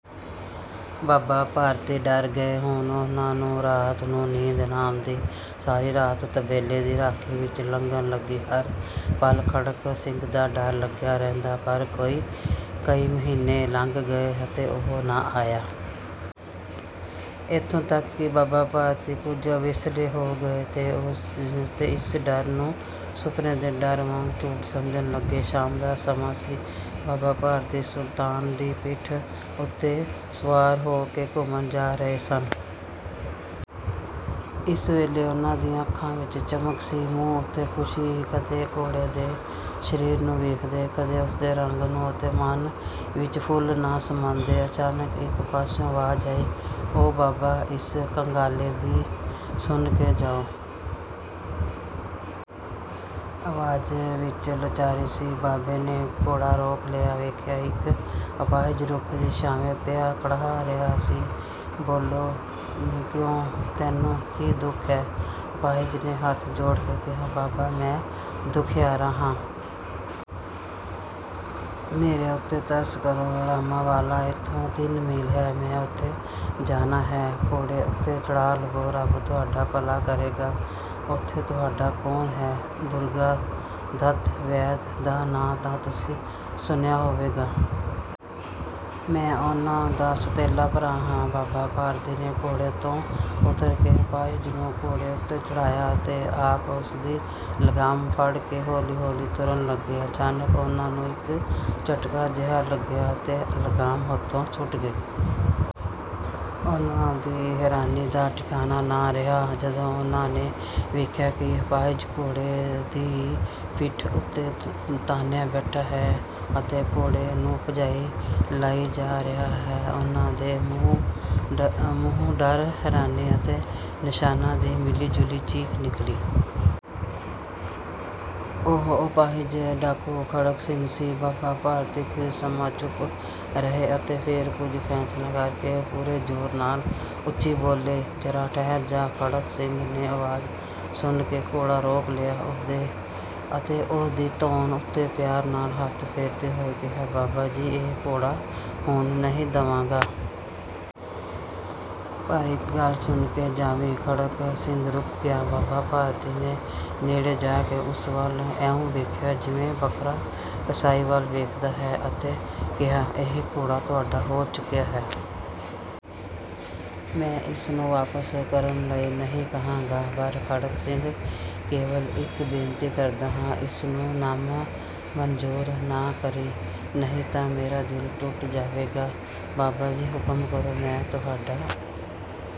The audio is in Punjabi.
ਬਾਬਾ ਭਾਰਤੀ ਡਰ ਗਏ। ਹੁਣ ਉਨ੍ਹਾਂ ਨੂੰ ਰਾਤ ਨੂੰ ਨੀਂਦ ਨਾ ਆਉਂਦੀ।। ਸਾਰੀ ਰਾਤ ਤਬੇਲੇ ਦੀ ਰਾਖੀ ਵਿੱਚ ਲੰਘਣ ਲੱਗੀ। ਹਰ ਪਲ ਖੜਗ ਸਿੰਘ ਦਾ ਡਰ ਲਗਿਆ ਰਹਿੰਦਾ, ਪਰ ਕਈ ਮਹੀਨੇ ਲੰਘ ਗਏ ਅਤੇ ਉਹ ਨਾ ਆਇਆ। ਇੱਥੋਂ ਤੱਕ ਕਿ ਬਾਬਾ ਭਾਰਤੀ ਕੁੱਝ ਅਵੇਸਲੇ ਹੋ ਗਏ ਅਤੇ ਇਸ ਡਰ ਨੂੰ ਸੁਪਨੇ ਦੇ ਡਰ ਵਾਂਗ ਝੂਠ ਸਮਝਣ ਲੱਗੇ। ਸ਼ਾਮ ਦਾ ਸਮਾਂ ਸੀ। ਬਾਬਾ ਭਾਰਤੀ ਸੁਲਤਾਨ ਦੀ ਪਿੱਠ ਉੱਤੇ ਸਵਾਰ ਹੋਕੇ ਘੁੰਮਣ ਜਾ ਰਹੇ ਸਨ। ਇਸ ਵੇਲੇ ਉਨ੍ਹਾਂ ਦੀਆਂ ਅੱਖਾਂ ਵਿੱਚ ਚਮਕ ਸੀ, ਮੂੰਹ ਉੱਤੇ ਖ਼ੁਸ਼ੀ। ਕਦੇ ਘੋੜੇ ਦੇ ਸਰੀਰ ਨੂੰ ਵੇਖਦੇ, ਕਦੇ ਉਸਦੇ ਰੰਗ ਨੂੰ ਅਤੇ ਮਨ ਵਿੱਚ ਫੁੱਲੇ ਨਾ ਸਮਾਉੁਂਦੇ। ਅਚਾਨਕ ਇੱਕ ਪਾਸਿਓਂ ਅਵਾਜ਼ ਆਈ, 'ਓ ਬਾਬਾ, ਇਸ ਕੰਗਲੇ ਦੀ ਸੁਣਕੇ ਜਾਇਓ। ' ਅਵਾਜ਼ ਵਿੱਚ ਲਾਚਾਰੀ ਸੀ। ਬਾਬੇ ਨੇ ਘੋੜਾ ਰੋਕ ਲਿਆ। ਵੇਖਿਆ, ਇੱਕ ਅਪਾਹਿਜ ਰੁੱਖ ਦੀ ਛਾਵੇਂ ਪਿਆ ਕਰਾਹ ਰਿਹਾ ਹੈ। 'ਬੋਲੇ, ਕਿਉਂ ਤੈਨੂੰ ਕੀ ਦੁੱਖ ਹੈ? ' ਅਪਾਹਿਜ ਨੇ ਹੱਥ ਜੋੜਕੇ ਕਿਹਾ, ਬਾਬਾ, ਮੈਂ ਦੁਖਿਆਰਾ ਹਾਂ। ਮੇਰੇ ਉੱਤੇ ਤਰਸ ਕਰੋ। ਰਾਮਾਵਾਲਾ ਇੱਥੋਂ ਤਿੰਨ ਮੀਲ ਹੈ, ਮੈਂ ਉੱਥੇ ਜਾਣਾ ਹੈ। ਘੋੜੇ ਉੱਤੇ ਚੜ੍ਹਾ ਲਓ, ਰੱਬ ਤੁਹਾਡਾ ਭਲਾ ਕਰੇਗਾ। ' 'ਉੱਥੇ ਤੁਹਾਡਾ ਕੌਣ ਹੈ? ' 'ਦੁਰਗਾ ਦੱਤ ਵੈਦ ਦਾ ਨਾਂ ਤੁਸੀਂ ਸੁਣਿਆ ਹੋਵੇਗਾ। ਮੈਂ ਉਨ੍ਹਾਂ ਦਾ ਸੌਤੇਲਾ ਭਰਾ ਹਾਂ। ' ਬਾਬਾ ਭਾਰਤੀ ਨੇ ਘੋੜੇ ਤੋਂ ਉਤਰ ਕੇ ਅਪਾਹਿਜ ਨੂੰ ਘੋੜੇ ਉੱਤੇ ਚੜ੍ਹਾਇਆ ਅਤੇ ਆਪ ਉਸਦੀ ਲਗਾਮ ਫੜਕੇ ਹੌਲੀ-ਹੌਲੀ ਤੁਰਨ ਲੱਗੇ। ਅਚਾਨਕ ਉਨ੍ਹਾਂ ਨੂੰ ਇੱਕ ਝੱਟਕਾ-ਜਿਹਾ ਲਗਿਆ ਅਤੇ ਲਗਾਮ ਹੱਥੋਂ ਛੁੱਟ ਗਈ। ਉਨ੍ਹਾਂ ਦੀ ਹੈਰਾਨੀ ਦਾ ਠਿਕਾਣਾ ਨਾ ਰਿਹਾ, ਜਦੋਂ ਉਨ੍ਹਾਂ ਨੇ ਵੇਖਿਆ ਕਿ ਅਪਾਹਿਜ ਘੋੜੇ ਦੀ ਪਿੱਠ ਉੱਤੇ ਤਣਿਆ ਬੈਠਾ ਹੈ ਅਤੇ ਘੋੜੇ ਨੂੰ ਭਜਾਈਂ ਲਈ ਜਾ ਰਿਹਾ ਹੈ। ਉਨ੍ਹਾਂ ਦੇ ਮੂੰਹੋਂ ਡਰ, ਹੈਰਾਨੀ ਅਤੇ ਨਿਰਾਸ਼ਾ ਦੀ ਮਿਲੀਜੁਲੀ ਚੀਕ ਨਿਕਲੀ। ਉਹ ਅਪਾਹਿਜ ਡਾਕੂ ਖੜਗ ਸਿੰਘ ਸੀ। ਬਾਬਾ ਭਾਰਤੀ ਕੁੱਝ ਸਮਾਂ ਚੁਪ ਰਹੇ ਅਤੇ ਫੇਰ ਕੁੱਝ ਫੈਸਲਾ ਕਰਕੇ ਪੂਰੇ ਜੋਰ ਨਾਲ ਉੱਚੀ ਬੋਲੇ, 'ਜਰਾ ਠਹਿਰ ਜਾ। ਖੜਗ ਸਿੰਘ ਨੇ ਅਵਾਜ਼ ਸੁਣਕੇ ਘੋੜਾ ਰੋਕ ਲਿਆ ਅਤੇ ਉਹਦੀ ਧੌਣ ਉੱਤੇ ਪਿਆਰ ਨਾਲ ਹੱਥ ਫੇਰਦੇ ਹੋਏ ਕਿਹਾ, 'ਬਾਬਾ ਜੀ, ਇਹ ਘੋੜਾ ਹੁਣ ਨਹੀਂ ਦੇਵਾਂਗਾ। ' 'ਪਰ ਇੱਕ ਗੱਲ ਸੁਣਕੇ ਜਾਵੀਂ। ' ਖੜਗ ਸਿੰਘ ਰੁਕ ਗਿਆ। ਬਾਬਾ ਭਾਰਤੀ ਨੇ ਨੇੜੇ ਜਾਕੇ ਉਸ ਵੱਲ ਇਉਂ ਵੇਖਿਆ ਜਿਵੇਂ ਬਕਰਾ ਕਸਾਈ ਵੱਲ ਵੇਖਦਾ ਹੈ ਅਤੇ ਕਿਹਾ, ਇਹ ਘੋੜਾ ਤੁਹਾਡਾ ਹੋ ਚੁੱਕਿਆ ਹੈ। ਮੈਂ ਇਸਨੂੰ ਵਾਪਸ ਕਰਨ ਲਈ ਨਹੀਂ ਕਹਾਂਗਾ। ਪਰ ਖੜਗ ਸਿੰਘ, ਕੇਵਲ ਇੱਕ ਬੇਨਤੀ ਕਰਦਾ ਹਾਂ। ਇਸਨੂੰ ਨਾਮਨਜ਼ੂਰ ਨਾ ਕਰੀਂ, ਨਹੀਂ ਤਾਂ ਮੇਰਾ ਦਿਲ ਟੁੱਟ ਜਾਵੇਗਾ। ' 'ਬਾਬਾ ਜੀ, ਹੁਕਮ ਕਰੋ। ਮੈਂ ਤੁਹਾਡਾ